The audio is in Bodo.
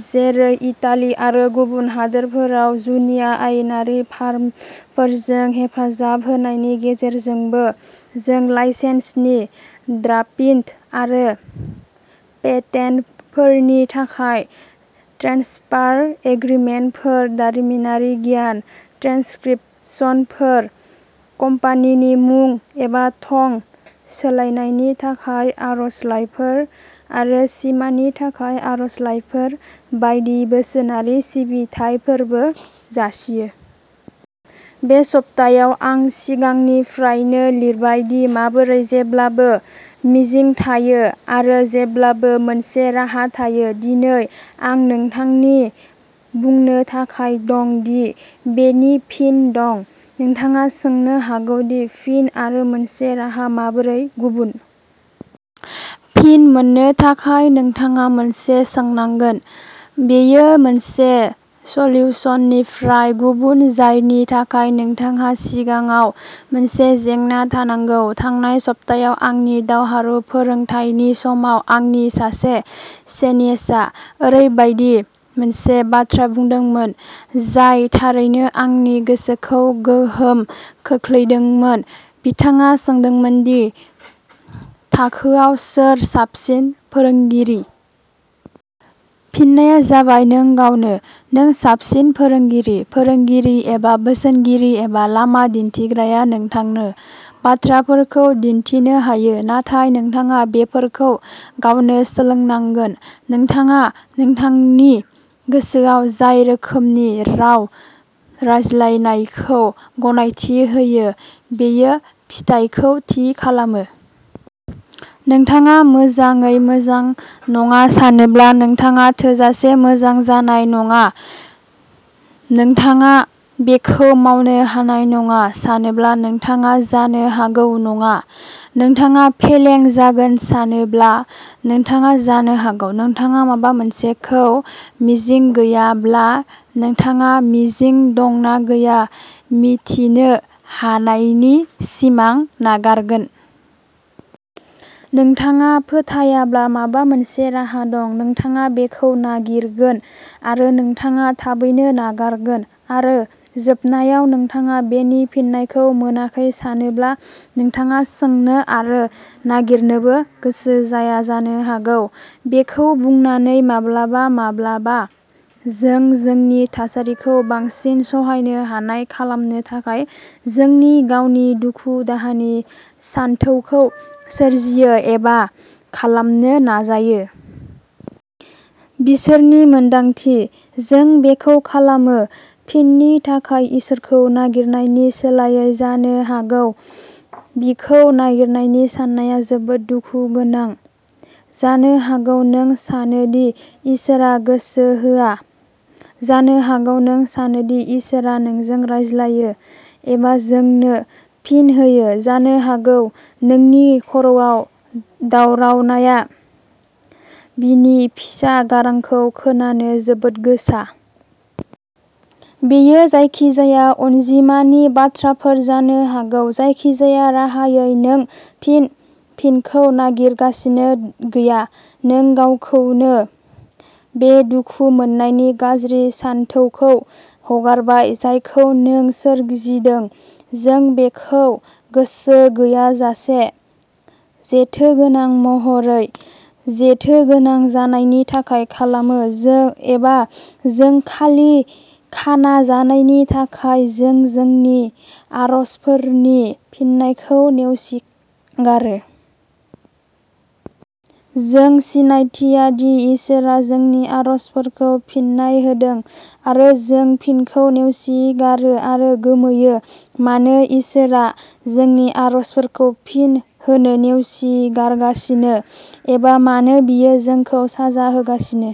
जेरै, इटाली आरो गुबुन हादोरफोराव जुनिया आयेनारि फार्मफोरजों हेफाजाब होनायनि गेजेरजोंबो। जों लाइसेन्सनि ड्राफ्टिं आरो पेटेन्टफोरनि थाखाय ट्रेन्सफार एग्रिमेन्टफोर, दारिमिनारि गियान, ट्रान्सक्रिप्शनफोर, कम्पानिनि मुं एबा थं सोलायनायनि थाखाय आर'जलाइफोर आरो सिमानि थाखाय आर'जलाइफोर बायदि बोसोनारि सिबिथाइफोरबो जासियो। बे सप्तायाव आं सिगांनिफ्रायनो लिरबाय दि माबोरै जेब्लाबो मिजिं थायो, आरो जेब्लाबो मोनसे राहा थायो। दिनै आं नोंथांनो बुंनो थाखाय दं दि बेनि फिन दं। नोंथाङा सोंनो हागौ दि फिन आरो मोनसे राहा माबोरै गुबुन। फिन मोननो थाखाय, नोंथाङा मोनसे सोंनांगोन। बेयो मोनसे सल्युसननिफ्राय गुबुन-जायनि थाखाय नोंथांहा सिगाङाव मोनसे जेंना थानांगौ। थांनाय सप्तायाव आंनि दावहारु फोरोंथायनि समाव, आंनि सासे सेन्सिया ओरैबायदि मोनसे बाथ्रा बुंदोंमोन जाय थारैनो आंनि गोसोखौ गोहोम खोख्लैदोंमोनः बिथाङा सोंदोंमोन दि थाखोयाव सोर साबसिन फोरोंगिरि। फिननाया जाबायः नों गावनो! नों साबसिन फोरोंगिरि। फोरोंगिरि एबा बोसोनगिरि एबा लामा दिन्थिग्राया नोंथांनो बाथ्राफोरखौ दिन्थिनो हायो, नाथाय नोंथाङा बेफोरखौ गावनो सोलोंनांगोन। नोंथाङा नोंथांनि गोसोआव जाय रोखोमनि गाव-रायज्लायनायखौ गनायथि होयो, बेयो फिथायखौ थि खालामो। नोंथाङा मोजाङै मोजां नङा सानोब्ला, नोंथाङा थोजासे मोजां जानाय नङा। नोंथाङा बेखौ मावनो हानाय नङा सानोब्ला, नोंथाङा जानो हागौ नङा। नोंथाङा फेलें जागोन सानोब्ला, नोंथाङा जानो हागौ। नोंथाङा माबा मोनसेखौ मिजिं गैयाब्ला, नोंथाङा मिजिं दं ना गैया मिथिनो हानायनि सिमां नागारगोन। नोंथाङा फोथायाब्ला माबा मोनसे राहा दं, नोंथाङा बेखौ नागिरगोन आरो नोंथाङा थाबैनो नागारगोन। आरो जोबनायाव, नोंथाङा बेनि फिननायखौ मोनाखै सानोब्ला, नोंथाङा सोंनो आरो नागिरनोबो गोसो जाया जानो हागौ। बेखौ बुंनानै, माब्लाबा-माब्लाबा जों जोंनि थासारिखौ बांसिन सहायनो हानाय खालामनो थाखाय जोंनि गावनि दुखु-दाहानि सानथौखौ सोरजियो, एबा खालामनो नाजायो। बिसोरनि मोन्दांथि। जों बेखौ खालामो फिननि थाखाय इसोरखौ नागिरनायनि सोलायै। जानो हागौ बिखौ नागिरनायनि साननाया जोबोद दुखु गोनां; जानो हागौ नों सानो दि इसोरआ गोसो होआ; जानो हागौ नों सानो दि इसोरआ नोंजों रायज्लायो एबा जोंनो फिन होयो; जानो हागौ नोंनि खर'आव दावरावनाया बिनि फिसा गारांखौ खोनानो जोबोद गोसा। बेयो जायखिजाया अनजिमानि बाथ्राफोर जानो हागौ। जायखिजाया राहायै, नों फिन फिनखौ नागिरगासिनो गैया। नों गावखौनो बे दुखु मोन्नायनि गाज्रि सानथौखौ हगारबाय जायखौ नों सोरजिदों। जों बेखौ गोसो गैयाजासे, जेथोगोनां महरै जेथोगोनां जानायनि थाखाय खालामो, एबा जों खालि खाना जानायनि थाखाय, जों जोंनि आरजफोरनि फिननायखौ नेवसिगारो। जों सिनायथिया दि इसोरआ जोंनि आरजफोरखौ फिननाय होदों, आरो जों फिनखौ नेवसिगारो आरो गोमोयो मानो इसोरआ जोंनि आरजफोरखौ फिन होनो'नेवसिगारगासिनो ', एबा मानो बियो जोंखौ साजा होगासिनो।